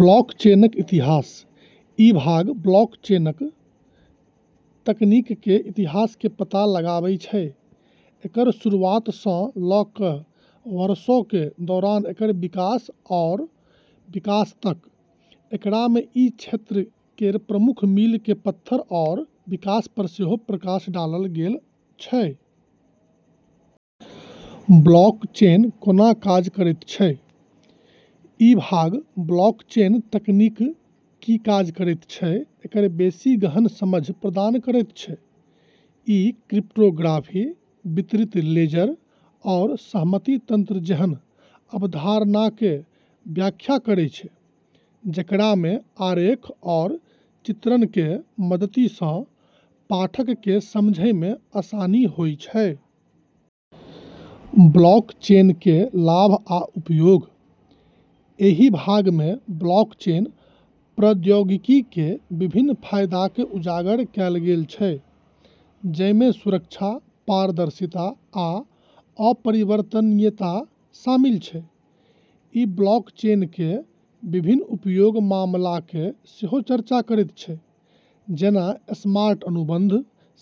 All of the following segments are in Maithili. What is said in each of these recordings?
ब्लॉकचेनके इतिहास: ई भाग ब्लॉकचेन तकनीकके इतिहास के पता लगाबै छै, एकर शुरूआतसँ ल' क' वर्षोके दौरान एकर विकास आओर विकास तक। एकरामे ई क्षेत्र केर प्रमुख मीलके पत्थर आओर विकास पर सेहो प्रकाश डालल गेल छै। ब्लॉकचेन कोना काज करैत छै: ई भाग ब्लॉकचेन तकनीक की काज करैत छै, एकर बेशी गहन समझ प्रदान करैत छै । ई क्रिप्टोग्राफी, वितरित लेजर, आओर सहमति तंत्र जेहन अवधारणाके व्याख्या करै छै, जेकरामे आरेख आओर चित्रणके मदति सँ पाठकके समझैमे आसानी होइ छै। ब्लॉकचेनके लाभ आ उपयोग: एहि भागमे ब्लॉकचेन प्रौद्योगिकीके विभिन्न फाइदाके उजागर कैल गेल छै, जइमे सुरक्षा, पारदर्शिता, आ अपरिवर्तनीयता शामिल छै । ई ब्लॉकचेनके विभिन्न उपयोग मामलाके सेहो चर्चा करैत छै, जेना स्मार्ट अनुबंध,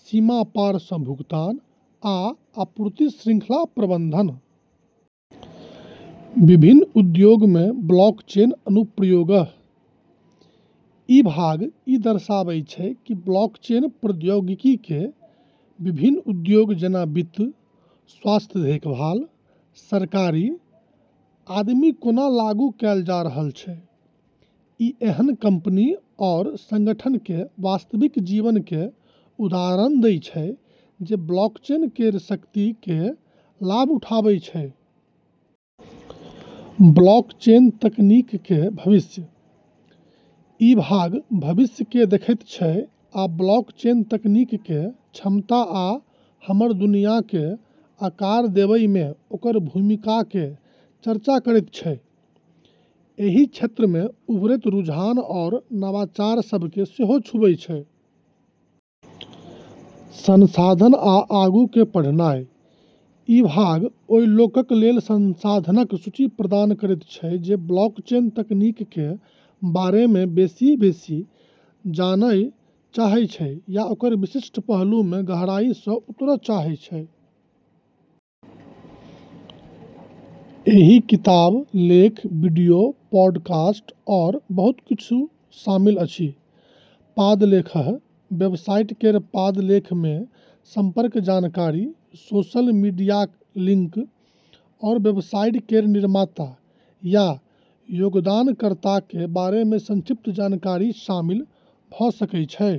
सीमा पारसँ भुगतान, आ आपूर्ति श्रृंखला प्रबंधन । विभिन्न उद्योगमे ब्लॉकचेन अनुप्रयोग: ई भाग ई दर्शाबय छै कि ब्लॉकचेन प्रौद्योगिकीके विभिन्न उद्योग जेना वित्त, स्वास्थ्य देखभाल, सरकारी, आदिमे कोना लागू कैल जा रहल छै । ई एहन कंपनी आओर संगठनके वास्तविक जीवनके उदाहरण दै छै जे ब्लॉकचेन केर शक्तिके लाभ उठाबै छै। ब्लॉकचेन तकनीकके भविष्य: ई भाग भविष्यके देखैत छै आ ब्लॉकचेन तकनीकके क्षमता आ हमर दुनियाके आकार देबयमे ओकर भूमिकाके चर्चा करैत छै । एहि क्षेत्रमे उभरैत रुझान आओर नवाचार सबके सेहो छूबै छै। संसाधन आ आगूके पढ़नाइ: ई भाग ओए लोकक लेल संसाधनक सूची प्रदान करैत छै जे ब्लॉकचेन तकनीकके बारेमे बेशी बेसि जानय चाहय छै या ओकर विशिष्ट पहलुमे गहराइसँ उतरय चाहय छै । एहिमे किताब, लेख, वीडियो, पॉडकास्ट, आओर बहुत किछु शामिल अछि । पाद लेख: वेबसाइट केर पाद लेखमे संपर्क जानकारी, सोशल मीडिया लिंक, आओर वेबसाइट केर निर्माता या योगदानकर्ताके बारेमे संक्षिप्त जानकारी शामिल भ' सकै छै।